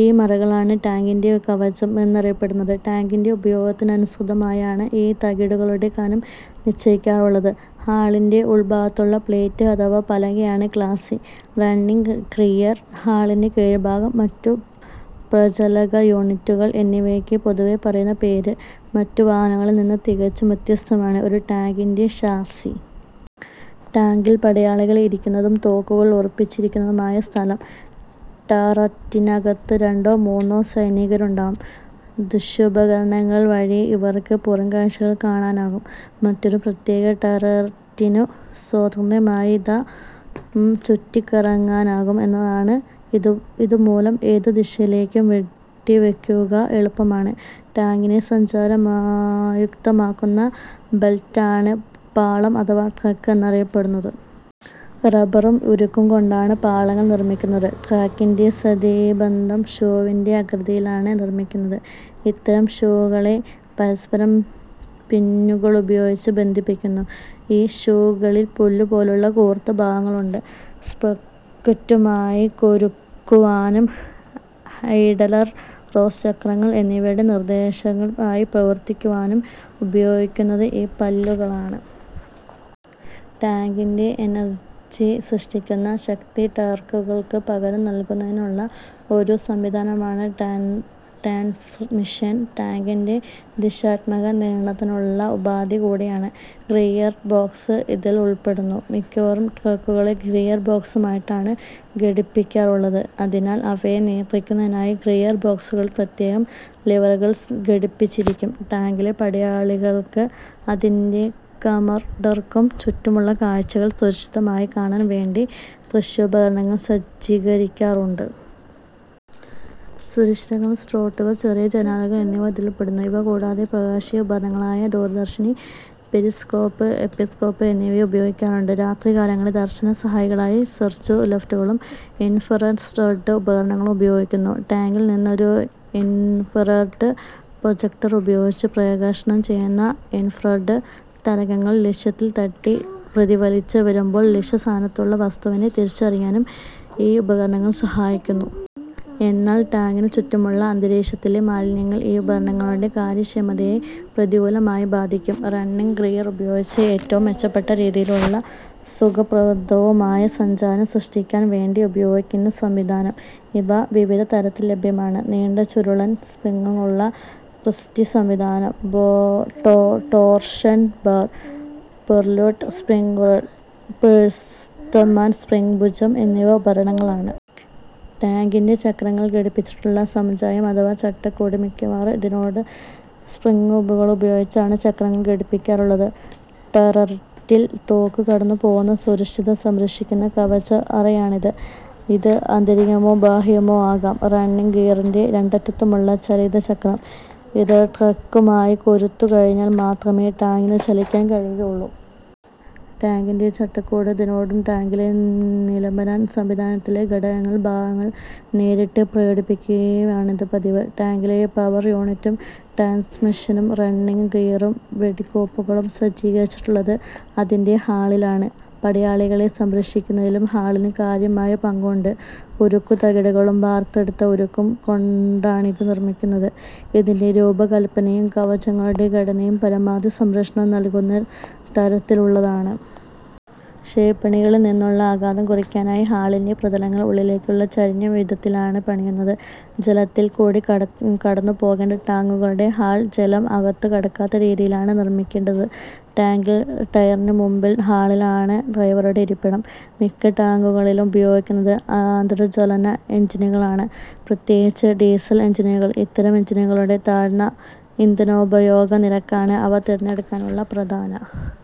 ഈ മറകളാണ് ടാങ്കിന്റെ കവചം എന്നറിയപ്പെടുന്നത്. ടാങ്കിന്റെ ഉപയോഗത്തിനനുസൃതമായാണ് ഈ തകിടുകളുടെ കനം നിശ്ചയിക്കാറുള്ളത്. ഹള്ളിന്റെ മുൻഭാഗത്തുള്ള പ്ലേറ്റ് അഥവാ പലകയാണ് ഗ്ലാസി. റണ്ണിങ്ങ് ഗിയർ, ഹള്ളിന്റെ കീഴ്ഭാഗം, മറ്റു പ്രചാലക യൂണിറ്റുകൾ എന്നിവയ്ക്കു പൊതുവേ പറയുന്ന പേര്. മറ്റു വാഹനങ്ങളിൽ നിന്നും തികച്ചും വ്യത്യസ്തമാണ് ഒരു ടാങ്കിന്റെ ഷാസി. ടാങ്കിൽ പടയാളികൾ ഇരിക്കുന്നതും തോക്കുകൾ ഉറപ്പിച്ചിരിക്കുന്നതുമായ സ്ഥലം. ടാററ്റിനകത്തു രണ്ടോ മൂന്നോ സൈനികരുണ്ടാവും. ദൃശ്യോപകരണങ്ങൾ വഴി ഇവർക്കു പുറംകാഴ്ചകൾ കാണാനാകും. മറ്റൊരു പ്രത്യേകത ടററ്റിനു സ്വതന്ത്രമായി ത്ഥ -ഉം ചുറ്റിക്കറങ്ങാനാകും എന്നതാണ്. ഇതുമൂലം ഏതു ദിശയിലേക്കും വെടിവെയ്ക്കുക എളുപ്പമാണ്. ടാങ്കിനെ സഞ്ചാരയുക്തമാക്കുന്ന ബെൽറ്റാണ് പാളം അഥവാ ട്രാക്ക് എന്നറിയപ്പെടുന്നത്. റബറും ഉരുക്കും കൊണ്ടാണ് പാളങ്ങൾ നിർമ്മിക്കുന്നത്. ട്രാക്കിന്റെ സന്ധി ബന്ധം ഷൂവിന്റെ ആകൃതിയിലാണ് നിർമ്മിക്കുന്നത്. ഇത്തരം 'ഷൂകളെ' പരസ്പരം പിന്നുകളുപയോഗിച്ചു ബന്ധിപ്പിക്കുന്നു. ഈ ഷൂകളിൽ പല്ലു പോലുള്ള കൂർത്ത ഭാഗങ്ങളുണ്ട്. സ്പ്രോക്കറ്റുമായി കൊരുക്കുവാനും, ഐഡ്ലർ, റോസ് ചക്രങ്ങൾ എന്നിവയുടെ നിർദ്ദേശകങ്ങൾ ആയി പ്രവർത്തിക്കുവാനും ഉപകരിക്കുന്നത് ഈ പല്ലുകളാണ്. ടാങ്കിന്റെ എൻജിൻ സൃഷ്ടിക്കുന്ന ശക്തി ട്രാക്കുകൾക്കു പകർന്നു നൽകുന്നതിനുള്ള ഒരു സംവിധാനമാണ് ട്രാൻസ്മിഷൻ. ടാങ്കിന്റെ ദിശാത്മക നിയന്ത്രണത്തിനുള്ള ഉപാധി കൂടിയാണിത്. ഗിയർ ബോക്സ് ഇതിൽ ഉൾപ്പെടുന്നു. മിക്കപ്പോഴും ട്രാക്കുകളെ ഗിയർ ബോക്സുമായിട്ടാണ് ഘടിപ്പിക്കാറുള്ളത്. അതിനാൽ അവയെ നിയന്ത്രിക്കുന്നതിനായി ഗിയർ ബോക്സുകളിൽ പ്രത്യേകം ലിവറുകൾ ഘടിപ്പിച്ചിരിക്കും. ടാങ്കിലെ പടയാളികൾക്കും അതിന്റെ കമാൻഡർക്കും ചുറ്റുമുള്ള കാഴ്ചകൾ സുരക്ഷിതമായി കാണാൻ വേണ്ടി ദൃശ്യോപകരണങ്ങൾ സജ്ജീകരിക്കാറുണ്ട്. സുഷിരങ്ങൾ, സ്ലോട്ടുകൾ, ചെറിയ ജനാലകൾ എന്നിവ ഇതിൽപ്പെടുന്നു. ഇവ കൂടാതെ പ്രകാശീയ ഉപകരണങ്ങളായ ദൂരദർശിനി, പെരിസ്കോപ്പ്, എപ്പിസ്കോപ്പ് എന്നിവയും ഉപയോഗിക്കാറുണ്ട്. രാത്രികാലങ്ങളിൽ ദർശന സഹായികളായി സെർച്ചു ലൈറ്റുകളും, ഇൻഫ്രാറെഡ് ഉപകരണങ്ങളും ഉപയോഗിക്കുന്നു. ടാങ്കിൽ നിന്നും ഒരു ഇൻഫ്രാറെഡ് പ്രൊജക്ടർ ഉപയോഗിച്ച് പ്രേഷണം ചെയ്യുന്ന ഇൻഫ്രാറെഡ് തരംഗങ്ങൾ ലക്ഷ്യത്തിൽ തട്ടി പ്രതിഫലിച്ചു വരുമ്പോൾ ലക്ഷ്യസ്ഥാനത്തുള്ള വസ്തുവിനെ തിരിച്ചറിയാനും ഈ ഉപകരണങ്ങൾ സഹായിക്കുന്നു. എന്നാൽ ടാങ്കിനു ചുറ്റുമുള്ള അന്തരീക്ഷത്തിലെ മാലിന്യങ്ങൾ ഈ ഉപകരണങ്ങളുടെ കാര്യക്ഷമതയെ പ്രതികൂലമായി ബാധിക്കും. റണ്ണിങ്ങ് ഗിയർ ഉപയോഗിച്ച്, ഏറ്റവും മെച്ചപ്പെട്ട രീതിയിലുള്ളതും സുഖപ്രദവുമായ സഞ്ചാരം സൃഷ്ടിക്കാൻ വേണ്ടി, ഉപയോഗിക്കുന്ന സംവിധാനം. ഇവ വിവിധ തരത്തിൽ ലഭ്യമാണ്. നീണ്ട ചുരുളൻ സ്പ്രിങ്ങുകളുള്ള ക്രിസ്റ്റി സംവിധാനം, ടോർഷൺ ബാർ, പൊല്യൂട്ട് സ്പ്രിങ്ങുകൾ, ഹോഴ്സ്റ്റ്മാൻ, സ്പ്രിങ്ങ് ഭുജം എന്നിവ ഉദാഹരണങ്ങളാണ്. ടാങ്കിന്റെ ചക്രങ്ങൾ ഘടിപ്പിച്ചിട്ടുള്ള സമുച്ചയം അഥവാ ചട്ടക്കൂട്. മിക്കവാറും ഇതിനോടു സ്പ്രിങ്ങുകളുപയോഗിച്ചാണ് ചക്രങ്ങൾ ഘടിപ്പിക്കാറുള്ളത്. ടററ്റിൽ തോക്കു കടന്നുപോകുന്ന സുഷിരത്തെ സംരക്ഷിക്കുന്ന കവച അറയാണിത്. ഇത് ആന്തരികമോ ബാഹ്യമോ ആകാം. റണ്ണിങ്ങ് ഗിയറിന്റെ രണ്ടറ്റത്തുമുള്ള ചാലിത ചക്രം. ഇതു ട്രാക്കുമായി കൊരുത്തു കഴിഞ്ഞാൽ മാത്രമേ ടാങ്കിനു ചലിക്കാൻ കഴിയുകയുള്ളു. ടാങ്കിന്റെ ചട്ടക്കൂട്. ഇതിനോടു ടാങ്കിലെ നിലംബന സംവിധാനത്തിലെ ഘടക ഭാഗങ്ങൾ നേരിട്ടു ഘടിപ്പിക്കുകയാണു പതിവ്. ടാങ്കിലെ പവർ യൂണിറ്റും, ട്രാൻസ്മിഷനും, റണ്ണിങ്ങ് ഗിയറും, വെടിക്കോപ്പുകളും സജ്ജീകരിച്ചിട്ടുള്ളത് അതിന്റെ ഹള്ളിലാണ്. പടയാളികളെ സംരക്ഷിക്കുന്നതിലും ഹള്ളിനു കാര്യമായ പങ്കുണ്ട്. ഉരുക്കു തകിടുകളും വാർത്തെടുത്ത ഉരുക്കും കൊണ്ടാണിത് നിർമ്മിക്കുന്നത്. ഇതിന്റെ രൂപകല്പനയും കവചങ്ങളുടെ ഘടനയും പരമാവധി സംരക്ഷണം നൽകുന്ന തരത്തിലുള്ളതാണ്. ക്ഷേപണികളിൽ നിന്നുള്ള ആഘാതം കുറയ്ക്കാനായി ഹള്ളിന്റെ പ്രതലങ്ങൾ ഉള്ളിലേക്കു ചരിഞ്ഞ വിധത്തിലാണ് പണിയുന്നത്. ജലത്തിൽ കൂടി കടന്നു പോകേണ്ട ടാങ്കുകളുടെ ഹൾ, ജലം അകത്തു കടക്കാത്ത രീതിയിലാണ് നിർമ്മിക്കേണ്ടത്. ടാങ്കിൽ ടററ്റിനു മുൻപിൽ ഹള്ളിലാണ് ഡ്രൈവറുടെ ഇരിപ്പിടം. മിക്ക ടാങ്കുകളിലും ഉപയോഗിക്കുന്നത് ആന്തര ജ്വലന എൻജിനുകളാണ്- പ്രത്യേകിച്ചും ഡീസൽ എൻജിനുകൾ. ഇത്തരം എൻജിനുകളുടെ താഴ്ന്ന ഇന്ധനോപഭോഗ നിരക്കാണ് അവ തിരഞ്ഞെടുക്കാനുള്ള പ്രധാന